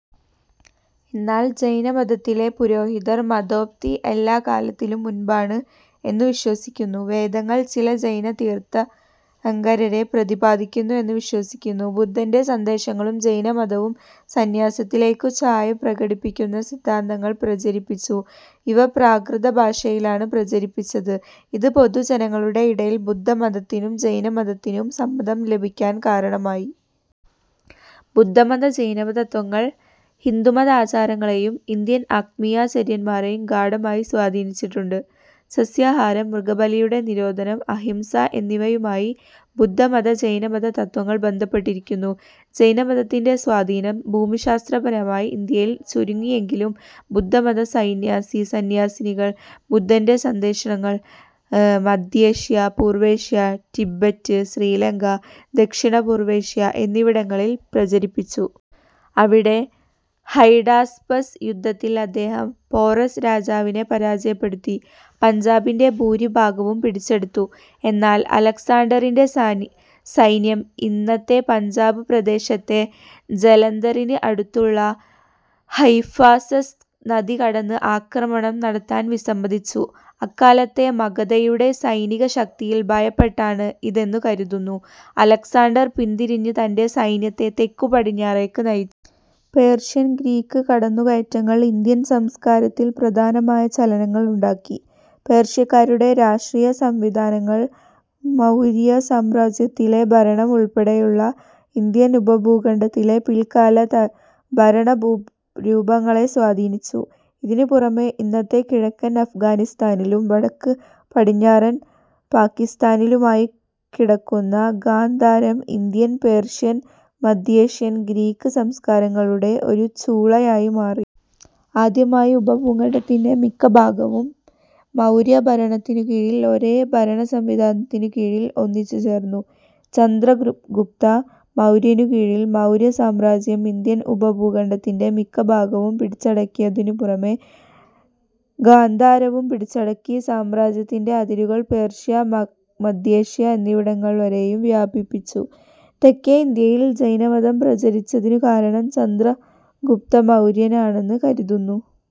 എന്നാൽ ജൈനമതത്തിലെ പുരോഹിതർ മതോത്പത്തി എല്ലാ കാലത്തിനും മുൻപാണ് എന്നു വിശ്വസിക്കുന്നു. വേദങ്ങൾ ചില ജൈന തീർത്ഥങ്കരരെ പ്രതിപാദിക്കുന്നു എന്ന് വിശ്വസിക്കുന്നു.. ബുദ്ധന്റെ സന്ദേശങ്ങളും ജൈനമതവും സന്യാസത്തിലേയ്ക്കു ചായ്വ് പ്രകടിപ്പിക്കുന്ന സിദ്ധാന്തങ്ങൾ പ്രചരിപ്പിച്ചു. ഇവ പ്രാകൃത ഭാഷയിലാണ് പ്രചരിപ്പിച്ചത്, ഇത് പൊതുജനങ്ങളുടെ ഇടയിൽ ബുദ്ധമതത്തിനും ജൈനമതത്തിനും സമ്മതം ലഭിക്കാൻ കാരണമായി. ബുദ്ധമത ജൈനമത തത്ത്വങ്ങൾ ഹിന്ദുമത ആചാരങ്ങളെയും ഇന്ത്യൻ ആത്മീയാചാര്യന്മാരെയും ഗാഢമായി സ്വാധീനിച്ചിട്ടുണ്ട്. സസ്യാഹാരം, മൃഗബലിയുടെ നിരോധനം, അഹിംസ എന്നിവയുമായി ബുദ്ധമത-ജൈനമത തത്ത്വങ്ങൾ ബന്ധപ്പെട്ടിരിക്കുന്നു. ജൈനമതത്തിന്റെ സ്വാധീനം ഭൂമിശാസ്ത്രപരമായി ഇന്ത്യയിൽ ചുരുങ്ങി എങ്കിലും ബുദ്ധമത സന്യാസീ-സന്യാസിനികൾ ബുദ്ധന്റെ സന്ദേശങ്ങൾ മദ്ധ്യേഷ്യ, പൂർവേഷ്യ, റ്റിബറ്റ്, ശ്രീ ലങ്ക, ദക്ഷിണപൂർവേഷ്യ എന്നിവിടങ്ങളിൽ പ്രചരിപ്പിച്ചു. അവിടെ, ഹൈഡാസ്പസ് യുദ്ധത്തിൽ അദ്ദേഹം പോറസ് രാജാവിനെ പരാജയപ്പെടുത്തി, പഞ്ചാബിന്റെ ഭൂരിഭാഗവും പിടിച്ചെടുത്തു; എന്നാൽ അലക്സാണ്ടറിന്റെ സൈന്യം ഇന്നത്തെ പഞ്ചാബ് പ്രദേശത്തിലെ ജലന്ധറിന് അടുത്തുള്ള ഹൈഫാസസ് നദി കടന്ന് ആക്രമണം നടത്താൻ വിസമ്മതിച്ചു. അക്കാലത്തെ മഗധയുടെ സൈനികശക്തിയിൽ ഭയപ്പെട്ടാണ് ഇതെന്നു കരുതുന്നു. അലക്സാണ്ടർ പിന്തിരിഞ്ഞ് തന്റെ സൈന്യത്തെ തെക്കുപടിഞ്ഞാറേയ്ക്ക് നയിച്ചു. പേർഷ്യൻ, ഗ്രീക്ക് കടന്നുകയറ്റങ്ങൾ ഇന്ത്യൻ സംസ്കാരത്തിൽ പ്രധാനമായ ചലനങ്ങൾ ഉണ്ടാക്കി. പേർഷ്യക്കാരുടെ രാഷ്ട്രീയ സംവിധാനങ്ങൾ മൌര്യ സാമ്രാജ്യത്തിലെ ഭരണം ഉൾപ്പെടെയുള്ള ഇന്ത്യൻ ഉപഭൂഖണ്ഡത്തിലെ പിൽക്കാല ഭരണ രൂപങ്ങളെ സ്വാധീനിച്ചു. ഇതിനു പുറമേ, ഇന്നത്തെ കിഴക്കൻ അഫ്ഗാനിസ്ഥാനിലും വടക്കുപടിഞ്ഞാറൻ പാകിസ്താനിലുമായി കിടക്കുന്ന ഗാന്ധാരം ഇന്ത്യൻ, പേർഷ്യൻ, മദ്ധ്യേഷ്യൻ, ഗ്രീക്ക് സംസ്കാരങ്ങളുടെ ഒരു ചൂളയായി മാറി. ആദ്യമായി ഉപഭൂഖണ്ഡത്തിന്റെ മിക്ക ഭാഗവും മൌര്യ ഭരണത്തിനു കീഴിൽ ഒരേ ഭരണസംവിധാനത്തിനു കീഴിൽ ഒന്നിച്ചുചേർന്നു. ചന്ദ്രഗുപ്ത മൌര്യനു കീഴിൽ മൌര്യ സാമ്രാജ്യം ഇന്ത്യൻ ഉപഭൂഖണ്ഡത്തിന്റെ മിക്ക ഭാഗവും പിടിച്ചടക്കിയതിനു പുറമേ, ഗാന്ധാരവും പിടിച്ചടക്കി സാമ്രാജ്യത്തിന്റെ അതിരുകൾ പേർഷ്യ, മദ്ധ്യേഷ്യ എന്നിവിടങ്ങൾ വരെയും വ്യാപിപ്പിച്ചു. തെക്കേ ഇന്ത്യയിൽ ജൈനമതം പ്രചരിച്ചതിനു കാരണം ചന്ദ്രഗുപ്തമൌര്യനാണെന്ന് കരുതുന്നു.